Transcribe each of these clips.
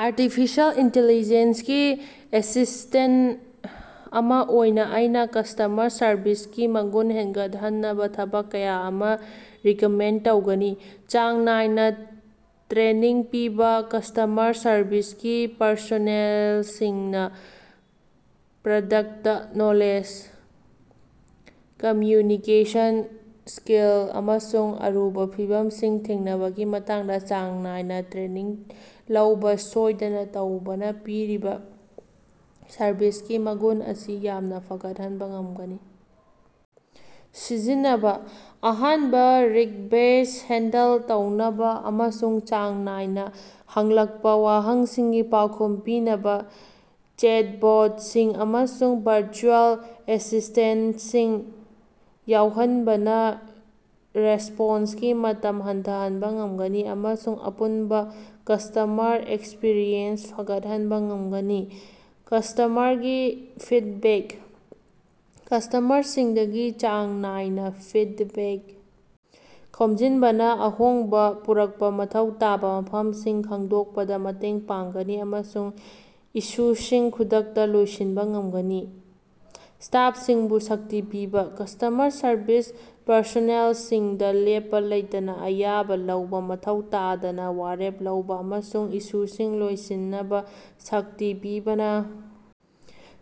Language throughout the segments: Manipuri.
ꯑꯥꯔꯇꯤꯐꯤꯁꯦꯑꯦꯜ ꯏꯟꯇꯤꯂꯤꯖꯦꯟꯁ ꯒꯤ ꯑꯦꯁꯤꯁ꯭ꯇꯦꯟꯇ ꯑꯃꯥ ꯑꯣꯏꯅ ꯑꯩꯅ ꯀꯁ꯭ꯇꯃꯔ ꯁꯔꯕꯤꯁꯀꯤ ꯃꯒꯨꯟ ꯍꯦꯟꯒꯠꯍꯟꯅꯕ ꯊꯕꯛ ꯀꯌꯥ ꯑꯃ ꯔꯤꯀꯃꯦꯟꯗ ꯇꯧꯒꯅꯤ꯫ ꯆꯥꯡ ꯅꯥꯏꯅ ꯇ꯭ꯔꯦꯅꯤꯡ ꯄꯤꯕ: ꯀꯁ꯭ꯇꯃꯔ ꯁꯔꯕꯤꯁꯀꯤ ꯄꯔꯁꯣꯅꯦꯜꯁꯤꯡꯅ ꯄ꯭ꯔꯗꯛꯇ ꯅꯣꯂꯦꯖ, ꯀꯝꯝꯌꯨꯅꯤꯀꯦꯁꯟ ꯁ꯭ꯀꯤꯜ, ꯑꯃꯁꯨꯡ ꯑꯔꯨꯕ ꯐꯤꯚꯝꯁꯤꯡ ꯊꯦꯡꯅꯕꯒꯤ ꯃꯇꯥꯡꯗ ꯆꯥꯡ ꯅꯥꯏꯅ ꯇ꯭ꯔꯦꯅꯤꯡ ꯂꯧꯕ ꯁꯣꯏꯗꯅ ꯇꯧꯕꯅ ꯄꯤꯔꯤꯕ ꯁꯔꯚꯤꯁꯀꯤ ꯃꯒꯨꯟ ꯑꯁꯤ ꯌꯥꯝꯅ ꯐꯒꯠꯍꯟꯕ ꯉꯝꯒꯅꯤ꯫. ꯁꯤꯖꯤꯟꯅꯕꯥ: ꯑꯍꯥꯟꯕ ꯔꯤꯛꯕꯦꯁ꯭ꯠ ꯍꯦꯟꯗꯜ ꯇꯧꯅꯕ ꯑꯃꯁꯨꯡ ꯆꯥꯡ ꯅꯥꯏꯅ ꯍꯪꯂꯛꯄ ꯋꯥꯍꯪꯁꯤꯡꯒꯤ ꯄꯥꯎꯈꯨꯝ ꯄꯤꯅꯕ ꯆꯦꯠꯕꯣꯠꯁꯤꯡ ꯑꯃꯁꯨꯡ ꯚꯔꯆꯨꯑꯦꯜ ꯑꯦꯁꯤꯁ꯭ꯇꯦꯟꯇꯁꯤꯡ ꯌꯥꯎꯍꯟꯕꯅ ꯔꯦꯁ꯭ꯄꯣꯟꯁꯀꯤ ꯃꯇꯝ ꯍꯟꯊꯍꯟꯕ ꯉꯝꯒꯅꯤ꯫ ꯑꯃꯁꯨꯡ ꯑꯄꯨꯟꯕ ꯀꯁ꯭ꯇꯃꯔ ꯑꯦꯛꯁꯄꯔꯤꯌꯦꯟꯁ ꯐꯒꯠꯍꯟꯕ ꯉꯝꯒꯅꯤ꯫ ꯀꯁ꯭ꯇꯃꯔꯒꯤ ꯐꯤꯗꯕꯦꯛ: ꯀꯁ꯭ꯇꯃꯔꯁꯤꯡꯗꯒꯤ ꯆꯥꯡ ꯅꯥꯏꯅꯥ ꯐꯤꯗꯕꯦꯛ ꯈꯣꯝꯖꯤꯟꯕꯅ ꯑꯍꯣꯡꯕ ꯄꯨꯔꯛꯄ ꯃꯊꯧ ꯇꯥꯕ ꯃꯐꯝꯁꯤꯡ ꯈꯪꯗꯣꯛꯄꯗ ꯃꯇꯦꯡ ꯄꯥꯡꯒꯅꯤ ꯑꯃꯁꯨꯡ ꯏꯁꯨꯁꯤꯡ ꯈꯨꯗꯛꯇ ꯂꯣꯏꯁꯤꯟꯕ ꯉꯝꯒꯅꯤ꯫ ꯁ꯭ꯇꯥꯐꯁꯤꯡꯕꯨ ꯁꯛꯇꯤ ꯄꯤꯕꯥ: ꯀꯁ꯭ꯇꯃꯔ ꯁꯔꯚꯤꯁ ꯄꯔꯁꯣꯅꯦꯜꯁꯤꯡꯗ ꯂꯦꯞꯄ ꯂꯩꯇꯅ ꯑꯌꯥꯕ ꯂꯧꯕ ꯃꯊꯧ ꯇꯥꯗꯅ ꯋꯥꯔꯦꯞ ꯂꯧꯕ ꯑꯃꯁꯨꯡ ꯏꯁꯨꯁꯤꯡ ꯂꯣꯏꯁꯤꯟꯅꯕ ꯁꯛꯇꯤ ꯄꯤꯕꯅ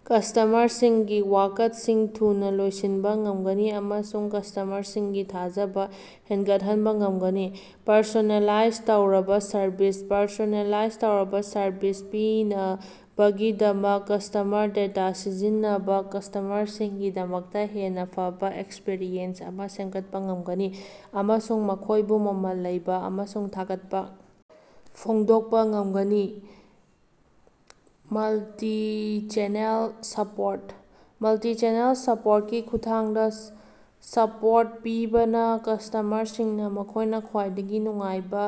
ꯀꯁ꯭ꯇꯃꯔꯁꯤꯡꯒꯤ ꯋꯥꯀꯠꯁꯤꯡ ꯊꯨꯅ ꯂꯣꯏꯁꯤꯟꯕ ꯉꯝꯒꯅꯤ ꯑꯃꯁꯨꯡ ꯀꯁ꯭ꯇꯃꯔꯁꯤꯡꯒꯤ ꯊꯥꯖꯕ ꯍꯦꯅꯒꯠꯍꯟꯕ ꯉꯝꯒꯅꯤ꯫ ꯄꯔꯁꯣꯅꯦꯂꯥꯏꯖ ꯇꯧꯔꯕ ꯁꯔꯚꯤꯁ: ꯄꯔꯁꯣꯅꯦꯂꯥꯏꯖ ꯇꯧꯔꯕ ꯁꯔꯚꯤꯁ ꯄꯤꯅꯕꯒꯤꯗꯃꯛ ꯀꯁ꯭ꯇꯃꯔ ꯗꯦꯇꯥ ꯁꯤꯖꯤꯟꯅꯕꯅ ꯀꯁ꯭ꯇꯃꯔꯁꯤꯡꯒꯤꯗꯃꯛꯇ ꯍꯦꯟꯅ ꯐꯕ ꯑꯦꯛꯁꯄꯔꯤꯌꯦꯟꯁ ꯑꯃ ꯁꯦꯝꯒꯠꯄ ꯉꯝꯒꯅꯤ꯫ ꯑꯃꯁꯨꯡ ꯃꯈꯣꯏꯕꯨ ꯃꯃꯜ ꯂꯩꯕ ꯑꯃꯁꯨꯡ ꯊꯥꯒꯠꯄ ꯐꯣꯡꯗꯣꯛꯄ ꯉꯝꯒꯅꯤ꯫ ꯃꯜꯇꯤꯆꯦꯅꯦꯜ ꯁꯄꯣꯔꯠ: ꯃꯜꯇꯤꯆꯦꯅꯦꯜ ꯁꯄꯣꯔꯠ ꯒꯤ ꯈꯨꯠꯊꯥꯡꯗꯥ ꯁꯄꯣꯔꯠ ꯄꯤꯕꯅ ꯀꯁ꯭ꯇꯃꯔꯁꯤꯡꯅ ꯃꯈꯣꯏꯅ ꯈ꯭ꯋꯥꯏꯗꯒꯤ ꯅꯨꯡꯉꯥꯏꯕ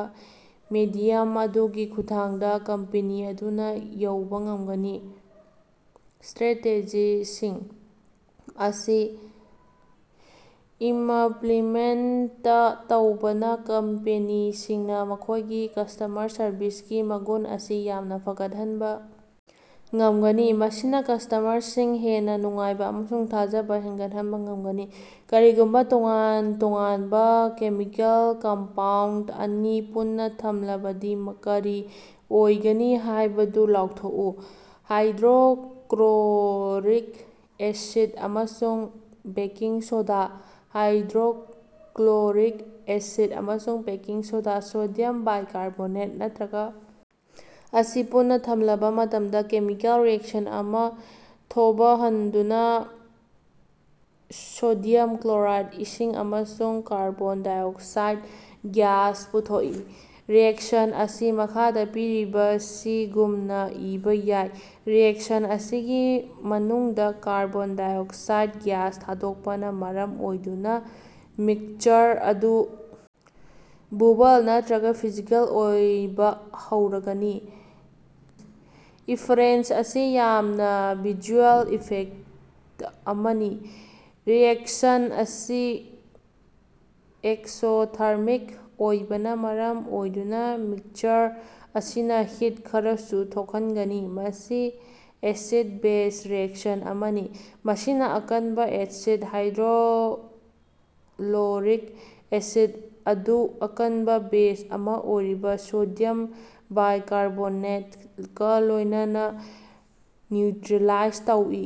ꯃꯦꯗꯤꯌꯝ ꯑꯗꯨꯒꯤ ꯈꯨꯠꯊꯥꯡꯗ ꯀꯝꯄꯅꯤ ꯑꯗꯨꯗ ꯌꯧꯕ ꯉꯝꯒꯅꯤ꯫ ꯁ꯭ꯇꯔꯦꯇꯦꯖꯤꯁꯤꯡ ꯑꯁꯤ ꯏꯃꯞꯂꯤꯃꯦꯟꯇ ꯇꯧꯕꯅ ꯀꯝꯄꯦꯅꯤꯁꯤꯡꯅ ꯃꯈꯣꯏꯒꯤ ꯀꯁ꯭ꯇꯃꯔ ꯁꯔꯕꯤꯁꯀꯤ ꯃꯒꯨꯟ ꯑꯁꯤ ꯌꯥꯝꯅ ꯐꯒꯠꯍꯟꯕ ꯉꯝꯒꯅꯤ꯫ ꯃꯁꯤꯅ ꯀꯁ꯭ꯇꯃꯔꯁꯤꯡ ꯍꯦꯟꯅ ꯅꯨꯡꯉꯥꯏꯕ ꯑꯃꯁꯨꯡ ꯊꯥꯖꯕ ꯍꯦꯟꯒꯠꯍꯟꯕ ꯉꯝꯒꯅꯤ꯫ ꯀꯔꯤꯒꯨꯝꯕ ꯇꯣꯉꯥꯟ-ꯇꯣꯉꯥꯟꯕ ꯀꯦꯃꯤꯀꯦꯜ ꯀꯝꯄꯥꯎꯟꯗ ꯑꯅꯤ ꯄꯨꯟꯅ ꯊꯝꯂꯕꯗꯤ ꯀꯔꯤ ꯑꯣꯏꯒꯅꯤ ꯍꯥꯏꯕꯗꯨ ꯂꯥꯎꯊꯣꯛꯎ꯫ ꯍꯥꯏꯗ꯭ꯔꯣꯀ꯭ꯂꯣꯔꯤꯛ ꯑꯦꯁꯤꯗ ꯑꯃꯁꯨꯡ ꯕꯦꯀꯤꯡ ꯁꯣꯗꯥ꯫ ꯍꯥꯏꯗ꯭ꯔꯣꯀ꯭ꯂꯣꯔꯤꯛ ꯑꯦꯁꯤꯗ ꯑꯃꯁꯨꯡ ꯕꯦꯀꯤꯡ ꯁꯣꯗꯥ (ꯁꯣꯗꯤꯌꯝ ꯕꯥꯏꯀꯥꯔꯕꯣꯅꯥꯏꯠ ꯅꯠꯇ꯭ꯔꯒ) ꯑꯁꯤ ꯄꯨꯟꯅ ꯊꯝꯂꯕ ꯃꯇꯝꯗ ꯀꯦꯃꯤꯀꯦꯜ ꯔꯤꯑꯦꯛꯁꯟ ꯑꯃ ꯊꯣꯚꯍꯟꯗꯨꯅ ꯁꯣꯗꯤꯌꯝ ꯀ꯭ꯂꯣꯔꯥꯏꯗ, ꯏꯁꯤꯡ ꯑꯃꯁꯨꯡ ꯀꯥꯔꯕꯣꯟ ꯗꯥꯏꯑꯣꯛꯁꯥꯏꯗ ꯒ꯭ꯌꯥꯁ ꯄꯨꯊꯣꯛꯏ꯫ ꯔꯤꯑꯦꯛꯁꯟ ꯑꯁꯤ ꯃꯈꯥꯗ ꯄꯤꯔꯤꯕꯁꯤꯒꯨꯝꯅꯥ ꯏꯕꯥ ꯌꯥꯏ ꯔꯤꯑꯦꯛꯁꯟ ꯑꯁꯤꯒꯤ ꯃꯅꯨꯡꯗ ꯀꯥꯔꯕꯣꯟ ꯗꯥꯏꯑꯣꯛꯁꯥꯏꯗ ꯒ꯭ꯌꯥꯁ ꯊꯥꯗꯣꯛꯄꯅ ꯃꯔꯝ ꯑꯣꯏꯗꯨꯅ ꯃꯤꯛꯁꯆꯔ ꯑꯗꯨ ꯕꯨꯕꯜ ꯅꯠꯇ꯭ꯔꯒ ꯐꯤꯖꯤꯀꯦꯜ ꯑꯣꯏꯕ ꯍꯧꯔꯒꯅꯤ꯫ ꯏꯐꯔꯦꯟꯁ ꯑꯁꯤ ꯌꯥꯝꯅꯥ ꯚꯤꯖꯨꯑꯦꯜ ꯏꯐꯦꯛꯇ ꯑꯃꯅꯤ꯫ ꯔꯤꯑꯦꯛꯁꯟ ꯑꯁꯤ ꯑꯦꯛꯁꯣꯊꯔꯃꯤꯛ ꯑꯣꯏꯕꯅ ꯃꯔꯝ ꯑꯣꯏꯗꯨꯅ ꯃꯤꯛꯁꯆꯔ ꯑꯁꯤꯅ ꯍꯤꯠ ꯈꯔꯁꯨ ꯊꯣꯛꯍꯟꯒꯅꯤ꯫ ꯃꯁꯤ ꯑꯦꯁꯤꯗ-ꯕꯦꯖ ꯔꯤꯑꯦꯛꯁꯟ ꯑꯃꯅꯤ꯫ ꯃꯁꯤꯅ ꯑꯀꯟꯕ ꯑꯦꯁꯤꯗ ꯍꯥꯏꯗ꯭ꯔꯣꯛꯂꯣꯔꯤꯛ ꯑꯦꯁꯤꯗ ꯑꯗꯨ ꯑꯀꯟꯕ ꯕꯦꯖ ꯑꯃ ꯑꯣꯏꯔꯤꯕ ꯁꯣꯗꯤꯌꯝ ꯕꯥꯏꯀꯥꯔꯕꯣꯅꯦꯇꯀ ꯂꯣꯏꯅꯅ ꯅ꯭ꯌꯨꯇ꯭ꯔꯤꯂꯥꯏꯖ ꯇꯧꯏ꯫